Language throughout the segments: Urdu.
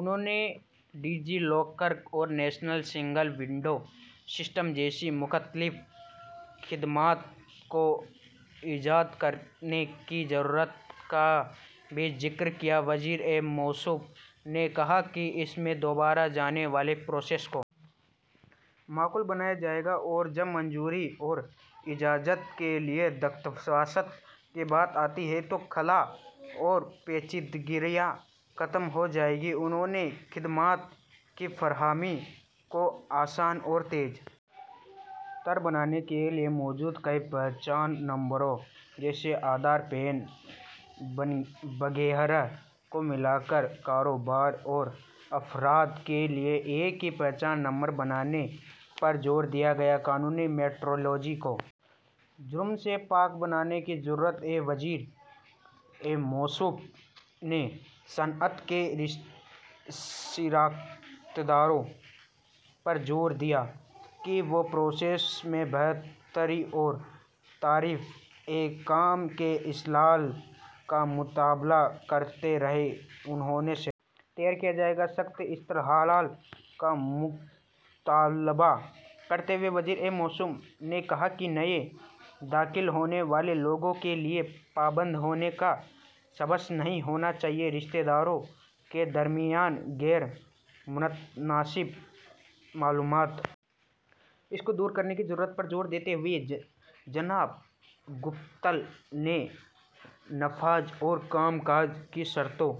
انہوں نے ڈجی لاکر اور نیشنل سنگل ونڈو سسٹم جیسی مختلف خدمات کو یکجا کرنے کی ضرورت کا بھی ذکر کیا وزیر موصوف نے کہا کہ اس سے دوہرائے جانے والے پروسیس کو معقول بنایا جائے گا اور جب منظوری اور اجازت کے لیے درخواست کی بات آتی ہے تو خلا اور بیکاریاں ختم ہو جائیں گی انہوں نے خدمات کی فراہمی کو آسان اور تیز تر بنانے کے لیے موجودہ متعدد شناختی نمبروں جیسے آدھار پین اور ٹین وغیرہ کو ملا کر کاروبار اور افراد کے لیے ایک ہی شناختی نمبر بنانے پر زور دیا قانونی میٹرولوجی کو جرم سے پاک بنانے کی ضرورت پر وزیر موصوف نے صنعت کے شرکا پر زور دیا کہ وہ پروسیس میں بہتری اور طریقہ کار میں اصلاح کا مطالبہ کرتے رہیں انہوں نے سیلف تیار کیا جائے سخت اصلاحات کا مطالبہ کرتے ہوئے وزیر موصوف نے کہا کہ نئے ڈھانچے لوگوں کے لیے پابند ہونے کا سبب نہیں بننے چاہئیں شراکت داروں کے درمیان غیر متناسب معلومات کو دور کرنے کی ضرورت پر زور دیتے ہوئے جناب گوئل نے نفاذ اور کام کاج کی شرطوں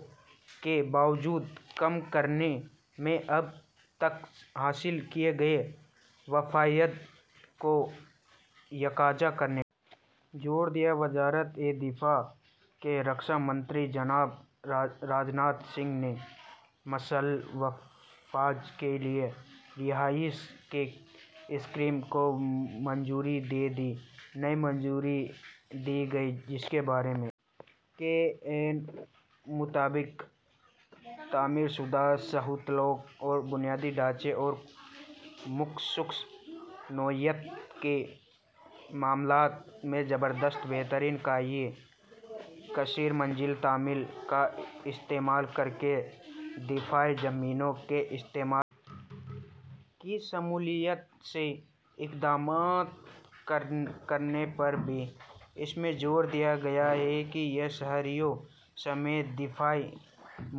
کے بوجھ کو کم کرنے میں اب تک حاصل کردہ فوائد کو یکجا کرنے پر زور دیا وزارت دفاع کے رکشا منتری جناب راج ناتھ سنگھ نے مسلح افواج کے لیے رہائش کے بڑھے ہوئے اسکیل کو منظوری دی نئی دہلی بارہ مئی دو ہزار بائیس رکشا منتری کے عین مطابق تعمیر شدہ سہولتوں اور بنیادی ڈھانچے اور مخصوص نوعیت کے معاملوں میں زبردست بہتری آئے گی کثیر منزلہ تعمیر کا استعمال کر کے دفاعی زمینوں کے استعمال اور عام سہولتوں کی شمولیت سے اقدامات کرنے پر بھی اس میں زور دیا گیا ہے یہ شہریوں سمیت دفاعی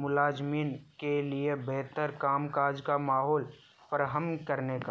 ملازمین کے لیے بہتر کام کاج کا ماحول فراہم کرے گا